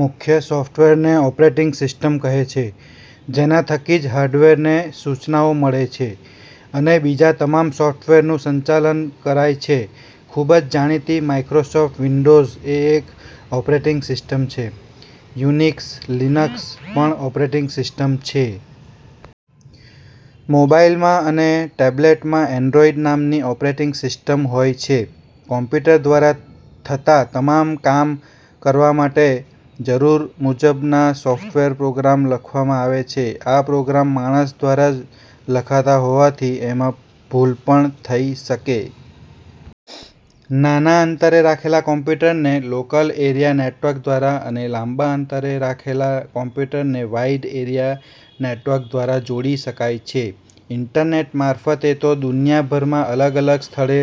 મુખ્ય સોફ્ટવેરને operating system કહે છે જેના થકી જ હાર્ડવેરને સૂચનાઓ મળે છે અને બીજા તમામ સોફ્ટવેરનું સંચાલન કરાય છે. ખુબ જ જાણીતી માઈક્રોસોફ્ટ વિન્ડોઝ એ એક ઓપરેટીંગ સિસ્ટમ છે. યુનિક્સ, લીનક્ષ પણ ઓપરેટીંગ સિસ્ટમ છે. મોબાઈલમાં અને ટેબ્લેટમાં એન્ડ્રોઈડ નામની ઓપરેટીંગ સિસ્ટમ હોય છે. કોમ્પ્યુટર દ્વારા થતા તમામ કામ કરવા માટે જરૂર મુજબના સોફ્ટવેર પ્રોગ્રામ લખવામાં આવે છે. આ પ્રોગ્રામ માણસ દ્વારા જ લખાતા હોવાથી એમાં ભૂલ પણ થઇ શકે. નાના અંતરે રાખેલા કોમ્પ્યુટરને લોકલ એરિયા નેટવર્ક દ્વારા અને લાંબા અંતરે રાખેલા કોમ્પ્યુટરને વાઇડ એરિયા નેટવર્ક દ્વારા જોડી શકાય છે. ઈન્ટરનેટ મારફતે તો દુનિયાભરમાં અલગ અલગ સ્થળે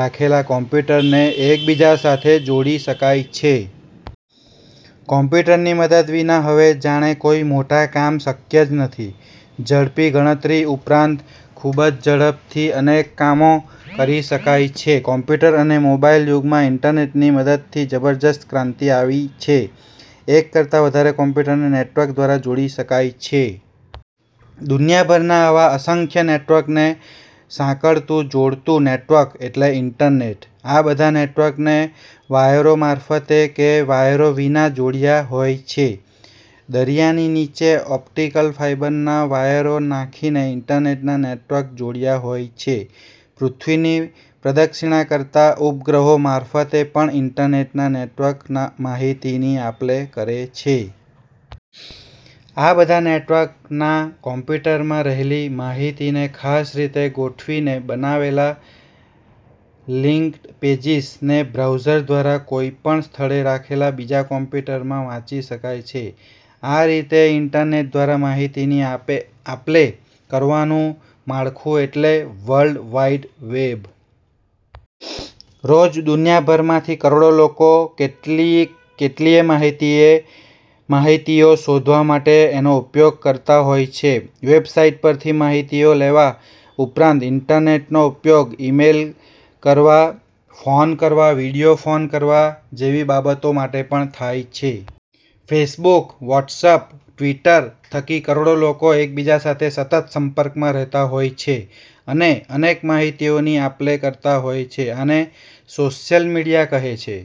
રાખેલા કોમ્પ્યુટરને એકબીજા સાથે જોડી શકાય છે. કોમ્પ્યુટરની મદદ વિના હવે જાણે કોઈ મોટા કામ શક્ય જ નથી! ઝડપી ગણતરી ઉપરાંત ખુબ જ ઝડપથી અનેક કામો કરી શકાય છે. કોમ્પ્યુટર અને મોબાઈલ યુગમાં ઈન્ટરનેટની મદદથી જબરદસ્ત ક્રાંતિ આવી છે. એક કરતાં વધારે કોમ્પ્યુટરને નેટવર્ક દ્વારા જોડી શકાય છે. દુનિયાભરના આવા અસંખ્ય નેટવર્કને સાંકળતું-જોડતું નેટવર્ક એટલે ઈન્ટરનેટ. આ બધા નેટવર્કને વાયરો મારફતે કે વાયરો વિના જોડ્યા હોય છે. દરિયાની નીચે ઓપ્ટીકલ ફાઈબરના વાયરો નાંખીને ઈન્ટરનેટના નેટવર્ક જોડ્યા હોય છે. પૃથ્વીની પ્રદક્ષિણા કરતા ઉપગ્રહો મારફતે પણ ઈન્ટરનેટના નેટવર્ક માહિતીની આપલે કરે છે. આ બધા નેટવર્કમાંના કોમ્પ્યુટરમાં રહેલી માહિતીને ખાસ રીતે ગોઠવીને બનાવેલા "લીંકડ પેજીસ" ને બ્રાઉઝર દ્વારા કોઈ પણ સ્થળે રાખેલા બીજા કોમ્પ્યુટરમાં વાંચી શકાય છે. આ રીતે ઈન્ટરનેટ દ્વારા માહિતીની આપલે કરવાનું માળખું એટલે "વર્લ્ડ વાઇડ વેબ". રોજ દુનિયાભરમાંથી કરોડો લોકો કેટલીય માહિતીઓ શોધવા માટે એનો ઉપયોગ કરતા હોય છે. વેબ સાઈટ પરથી માહિતીઓ લેવા ઉપરાંત ઈન્ટરનેટનો ઉપયોગ ઇમેઈલ કરવા, ફોન કરવા, વિડીયો ફોન કરવા જેવી બાબતો માટે પણ થાય છે. ફેસબુક, વ્હોટસએપ, ટવીટર થકી કરોડો લોકો એકબીજા સાથે સતત સંપર્કમાં રહેતા હોય છે અને અનેક માહિતીઓની આપલે કરતા હોય છે. આને સોશિઅલ મીડિયા કહે છે.